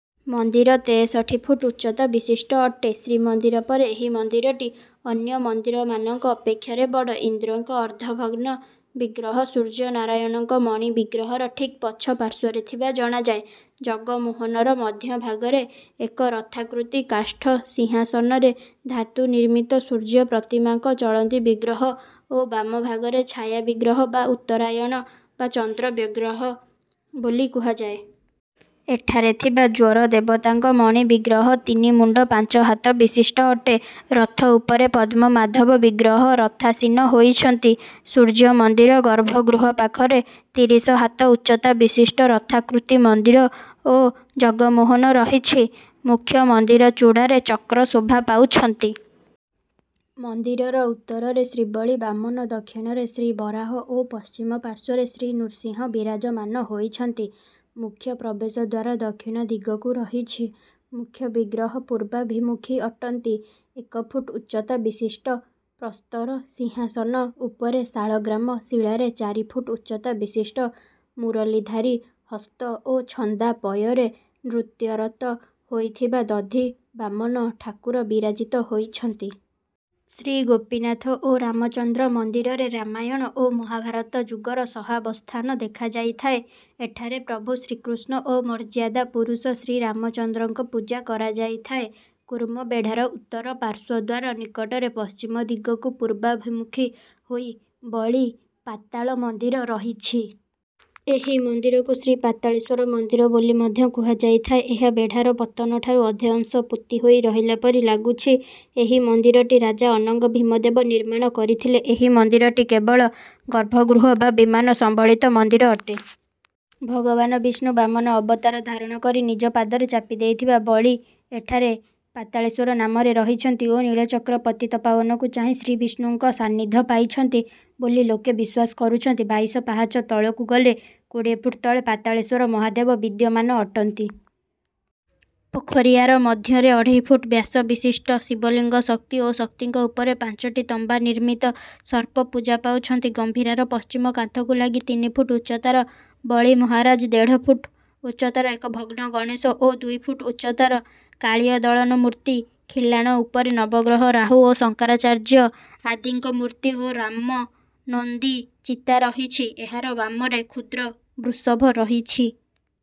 ମନ୍ଦିର ତେଷଠି ଫୁଟ୍ ଉଚ୍ଚତା ବିଶିଷ୍ଟ ଅଟେ। ଶ୍ରୀମନ୍ଦିର ପରେ ଏହି ମନ୍ଦିରଟି ଅନ୍ୟ ମନ୍ଦିରମାନଙ୍କ ଅପେକ୍ଷାରେ ବଡ଼। ଇନ୍ଦ୍ରଙ୍କ ଅର୍ଦ୍ଧ ଭଗ୍ନ ବିଗ୍ରହ ସୂର୍ଯ୍ୟ ନାରାୟଣଙ୍କ ମଣି ବିଗ୍ରହର ଠିକ୍ ପଛ ପାର୍ଶ୍ୱରେ ଥିବା ଜଣାଯାଏ। ଜଗମୋହନର ମଧ୍ୟ ଭାଗରେ ଏକ ରଥାକୃତି କାଷ୍ଠ ସିଂହାସନରେ ଧାତୁ ନିର୍ମିତ ସୂର୍ଯ୍ୟ ପ୍ରତିମାଙ୍କ ଚଳନ୍ତି ବିଗ୍ରହ ଓ ବାମ ଭାଗରେ ଛାୟା ବିଗ୍ରହ ବା ଉତ୍ତରାୟଣ ବା ଚନ୍ଦ୍ର ବିଗ୍ରହ ବୋଲି କୁହାଯାଏ। ଏଠାରେ ଥିବା ଜ୍ୱର ଦେବତାଙ୍କ ମଣି ବିଗ୍ରହ ତିନି ମୁଣ୍ଡ ପାଞ୍ଚ ହାତ ବିଶିଷ୍ଟ ଅଟେ। ରଥ ଉପରେ ପଦ୍ମ ମାଧବ ବିଗ୍ରହ ରଥାସୀନ ହୋଇଛନ୍ତି। ସୂର୍ଯ୍ୟ ମନ୍ଦିର ଗର୍ଭଗୃହ ପାଖରେ ତିରିଶ ହାତ ଉଚ୍ଚତା ବିଶିଷ୍ଟ ରଥାକୃତି ମନ୍ଦିର ଓ ଜଗମୋହନ ରହିଛି। ମୁଖ୍ୟ ମନ୍ଦିର ଚୂଡ଼ାରେ ଚକ୍ର ଶୋଭା ପାଉଛନ୍ତି। ମନ୍ଦିରର ଉତ୍ତରରେ ଶ୍ରୀବଳି ବାମନ ଦକ୍ଷିଣରେ ଶ୍ରୀବରାହ ଓ ପଶ୍ଚିମ ପାର୍ଶ୍ୱରେ ଶ୍ରୀନୃସିଂହ ବିରାଜମାନ ହୋଇଛନ୍ତି। ମୁଖ୍ୟ ପ୍ରବେଶ ଦ୍ୱାର ଦକ୍ଷିଣ ଦିଗକୁ ରହିଛି। ମୁଖ୍ୟ ବିଗ୍ରହ ପୂର୍ବାଭିମୁଖୀ ଅଟନ୍ତି। ଏକ ଫୁଟ୍ ଉଚ୍ଚତା ବିଶିଷ୍ଟ ପ୍ରସ୍ତର ସିଂହାସନ ଉପରେ ଶାଳଗ୍ରାମ ଶିଳାରେ ଚାରି ଫୁଟ୍ ଉଚ୍ଚତା ବିଶିଷ୍ଟ ମୁରଲୀଧାରୀ ହସ୍ତ ଓ ଛନ୍ଦା ପୟରରେ ନୃତ୍ୟରତ ହୋଇଥିବା ଦଧିବାମନ ଠାକୁର ବିରାଜିତ ହୋଇଛନ୍ତି। ଶ୍ରୀ ଗୋପୀନାଥ ଓ ରାମଚନ୍ଦ୍ର ମନ୍ଦିରରେ ରାମାୟଣ ଓ ମହାଭାରତ ଯୁଗର ସହାବସ୍ଥାନ ଦେଖାଯାଇଥାଏ। ଏଠାରେ ପ୍ରଭୁ ଶ୍ରୀକୃଷ୍ଣ ଓ ମର୍ଯ୍ୟାଦା ପୁରୁଷ ଶ୍ରୀରାମଚନ୍ଦ୍ରଙ୍କ ପୂଜା କରାଯାଇଥାଏ। କୁର୍ମ ବେଢାର ଉତ୍ତର ପାର୍ଶ୍ୱ ଦ୍ୱାର ନିକଟରେ ପଶ୍ଚିମ ଦିଗକୁ ପୂର୍ବାଭିମୁଖୀ ହୋଇ ବଳୀ ପାତାଳ ମନ୍ଦିର ରହିଛି। ଏହି ମନ୍ଦିରକୁ ଶ୍ରୀପାତାଳେଶ୍ୱର ମନ୍ଦିର ବୋଲି ମଧ୍ୟ କୁହାଯାଇଥାଏ। ଏହା ବେଢାର ପତନଠାରୁ ଅଧେ ଅଂଶ ପୋତି ହୋଇ ରହିଲା ପରି ଲାଗୁଛି। ଏହି ମନ୍ଦିରଟି ରାଜା ଅନଙ୍ଗ ଭୀମ ଦେବ ନିର୍ମାଣ କରିଥିଲେ। ଏହି ମନ୍ଦିରଟି କେବଳ ଗର୍ଭଗୃହ ବା ବିମାନ ସମ୍ବଳିତ ମନ୍ଦିର ଅଟେ। ଭଗବାନ ବିଷ୍ଣୁ ବାମନ ଅବତାର ଧାରଣ କରି ନିଜ ପାଦରେ ଚାପି ଦେଇଥିବା ବଳୀ ଏଠାରେ ପାତାଳେଶ୍ୱର ନାମରେ ରହିଛନ୍ତି ଓ ନୀଳଚକ୍ର ପତିତପାବନକୁ ଚାହିଁ ଶ୍ରୀବିଷ୍ଣୁଙ୍କ ସାନିଧ୍ୟ ପାଇଛନ୍ତି ବୋଲି ଲୋକେ ବିଶ୍ୱାସ କରୁଛନ୍ତି। ବାଇଶ ପାହାଚ ତଳକୁ ଗଲେ କୋଡ଼ିଏ ଫୁଟ ତଳେ ପାତାଳେଶ୍ୱର ମହାଦେବ ବିଦ୍ୟମାନ ଅଟନ୍ତି। ପୋଖରିଆର ମଧ୍ୟରେ ଅଢ଼େଇ ଫୁଟ୍ ବ୍ୟାସ ବିଶିଷ୍ଟ ଶିବଲିଙ୍ଗ ଶକ୍ତି ଓ ଶକ୍ତିଙ୍କ ଉପରେ ପାଞ୍ଚଟି ତମ୍ବା ନିର୍ମିତ ସର୍ପ ପୂଜା ପାଉଛନ୍ତି। ଗମ୍ଭୀରାର ପଶ୍ଚିମ କାନ୍ଥକୁ ଲାଗି ତିନି ଫୁଟ ଉଚ୍ଚତାର ବଳୀ ମହାରାଜ ଦେଢ଼ ଫୁଟ୍ ଉଚ୍ଚତାର ଏକ ଭଗ୍ନ ଗଣେଶ ଓ ଦୁଇ ଫୁଟ୍ ଉଚ୍ଚତାର କାଳୀୟ ଦଳନ ମୂର୍ତ୍ତି ଖିଲାଣ ଉପରେ ନବଗ୍ରହ ରାହୁ ଓ ଶଙ୍କରାଚାର୍ଯ୍ୟ ଆଦିଙ୍କ ମୂର୍ତ୍ତି ଓ ରାମନନ୍ଦୀ ଚିତା ରହିଛି। ଏହାର ବାମରେ କ୍ଷୁଦ୍ର ବୃଷଭ ରହିଛି।